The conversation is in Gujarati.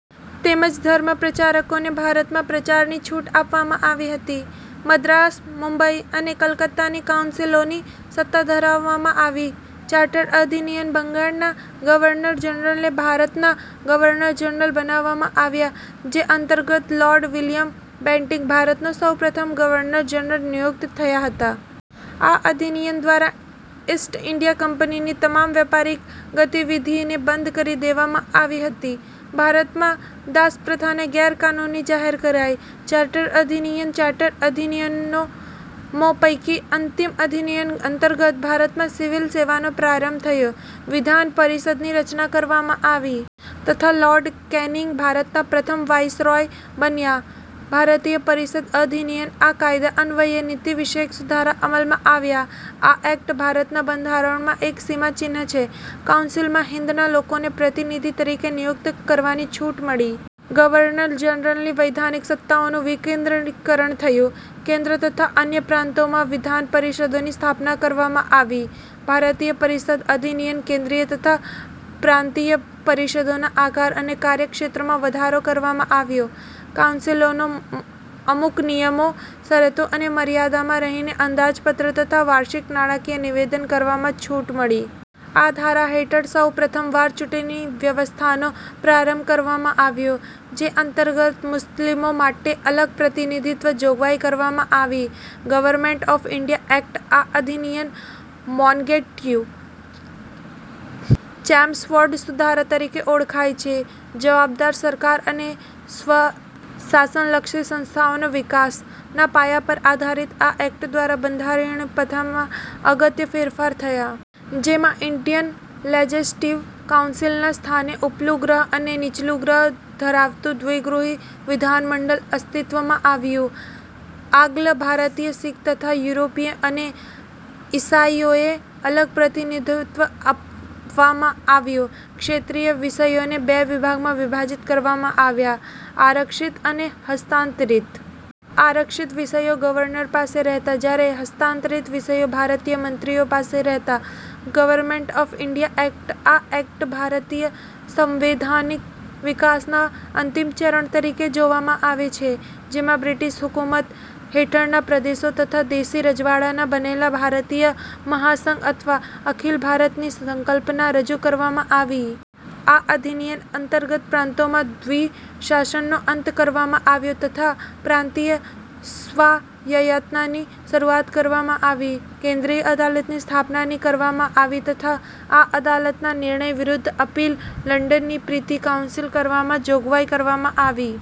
તેમજ ધર્મ પ્રચારકોને ભારતમાં પ્રચારની છૂટ આપવામાં આવી હતી. મદ્રાસ, મુંબઈ અને કલકત્તાની કાઉન્સિલોની સત્તા વધારવામાં આવી. ચાર્ટર અધિનિયમ બંગાળના ગવર્નર જનરલને ભારતના ગવર્નર જનરલ બનાવવામાં આવ્યા જે અંતર્ગત લૉર્ડ વિલિયમ બેન્ટીક ભારતના સૌ પ્રથમ ગવર્નર જનરલ નિયુક્ત થયા હતા. આ અધિનિયમ દ્વારા ઈસ્ટ ઈન્ડિયા કંપનીની તમામ વ્યાપારિક ગતિવિધિઓને બંધ કરી દેવામાં આવી હતી. ભારતમાં દાસપ્રથાને ગેરકાનૂની જાહેર કરાઈ. ચાર્ટર અધિનિયમ ચાર્ટર અધિનિયમો પૈકીના અંતિમ અધિનિયમ અંતર્ગત ભારતમાં સિવિલ સેવાનો પ્રારંભ થયો. વિધાન પરિષદની રચના કરવામાં આવી. તથા લોર્ડ કેનિંગ ભારતના પ્રથમ વાઈસરોય બન્યા. ભારતીય પરિષદ અધિનિયમ આ કાયદા અન્વયે નીતિવિષયક સુધારા અમલમાં આવ્યા. આ એક્ટ ભારતના બંધારણમાં એક સીમાચિહ્ન છે. કાઉન્સિલમાં હિંદના લોકોને પ્રતિનિધિ તરીકે નિયુક્ત કરવાની છૂટ મળી. ગવર્નર જનરલની વૈધાનિક સત્તાઓનું વિકેન્દ્રીકરણ થયું. કેન્દ્ર તથા અન્ય પ્રાન્તોમાં વિધાનપરિષદોની સ્થાપના કરવામાં આવી. ભારતીય પરિષદ અધિનિયમ કેન્દ્રીય તથા પ્રાંતીય પરિષદોના આકાર અને કાર્યક્ષેત્રમાં વધારો કરવામાં આવ્યો. કાઉન્સિલોને અમુક નિયમો, શરતો તથા મર્યાદામાં રહીને અંદાજપત્ર તથા વાર્ષિક નાણાકીય નિવેદન કરવાની છૂટ મળી. આ ધારા હેઠળ સૌ પ્રથમવાર ચૂંટણી વ્યવસ્થાનો પ્રારંભ કરવામાં આવ્યો. જે અંતર્ગત મુસ્લિમો માટે અલગ પ્રતિનિધિત્ત્વની જોગવાઈ કરવામાં આવી. ગવર્મેન્ટ ઓફ ઈન્ડિયા એક્ટ આ અધિનિયમ મોન્ટેગ્યુ-ચેમ્સફોર્ડ સુધારા તરીકે ઓળખાય છે. 'જવાબદાર સરકાર અને સ્વશાસનલક્ષી સંસ્થાઓનો વિકાસ'ના પાયા પર આધારિત આ એક્ટ દ્વારા બંધારણીય પ્રથામાં અગત્યના ફેરફારો થયા. જેમાં ઈન્ડિયન લેજેસ્લેટીવ કાઉન્સિલના સ્થાને ઊપલું ગૃહ અને નીચલું ગૃહ ધરાવતું દ્વિગૃહી વિધાનમંડળ અસ્તિત્વમાં આવ્યું. આંગ્લ-ભારતીય, શિખ તથા યુરોપીય અને ઈસાઈઓને અલગ પ્રતિનિધિત્ત્વ આપવામાં આવ્યું. ક્ષેત્રીય વિષયોને બે ભાગમાં વિભાજીત કરવામાં આવ્યા: આરક્ષિત અને હસ્તાંતરિત. આરક્ષિત વિષયો ગવર્નર પાસે રહેતા જ્યારે હસ્તાંતરીત વિષયો ભારતીય મંત્રીઓ પાસે રહેતા. ગવર્મેન્ટ ઓફ ઈન્ડિયા એક્ટ આ એક્ટને ભારતીય સંવૈધાનિક વિકાસના અંતિમ ચરણ તરીકે જોવામાં આવે છે. જેમાં બ્રિટીશ હકૂમત હેઠળના પ્રદેશો તથા દેશી રજવાડાંના બનેલા ભારતીય મહાસંઘ અથવા અખિલ ભારત ની સંકલ્પના રજૂ કરવામાં આવી. આ અધિનિયમ અંતર્ગત પ્રાંતોમાં દ્વિશાસનનો અંત કરવામાં આવ્યો તથા પ્રાંતીય સ્વાયતતાની શરૂઆત કરવામાં આવી. કેન્દ્રીય અદાલતની સ્થાપનાની કરવામાં આવી તથા આ અદાલતના નિર્ણય વિરુદ્ધ અપીલ લંડનની પ્રીવી કાઉન્સિલ કરવાની જોગવાઈ કરવામાં આવી.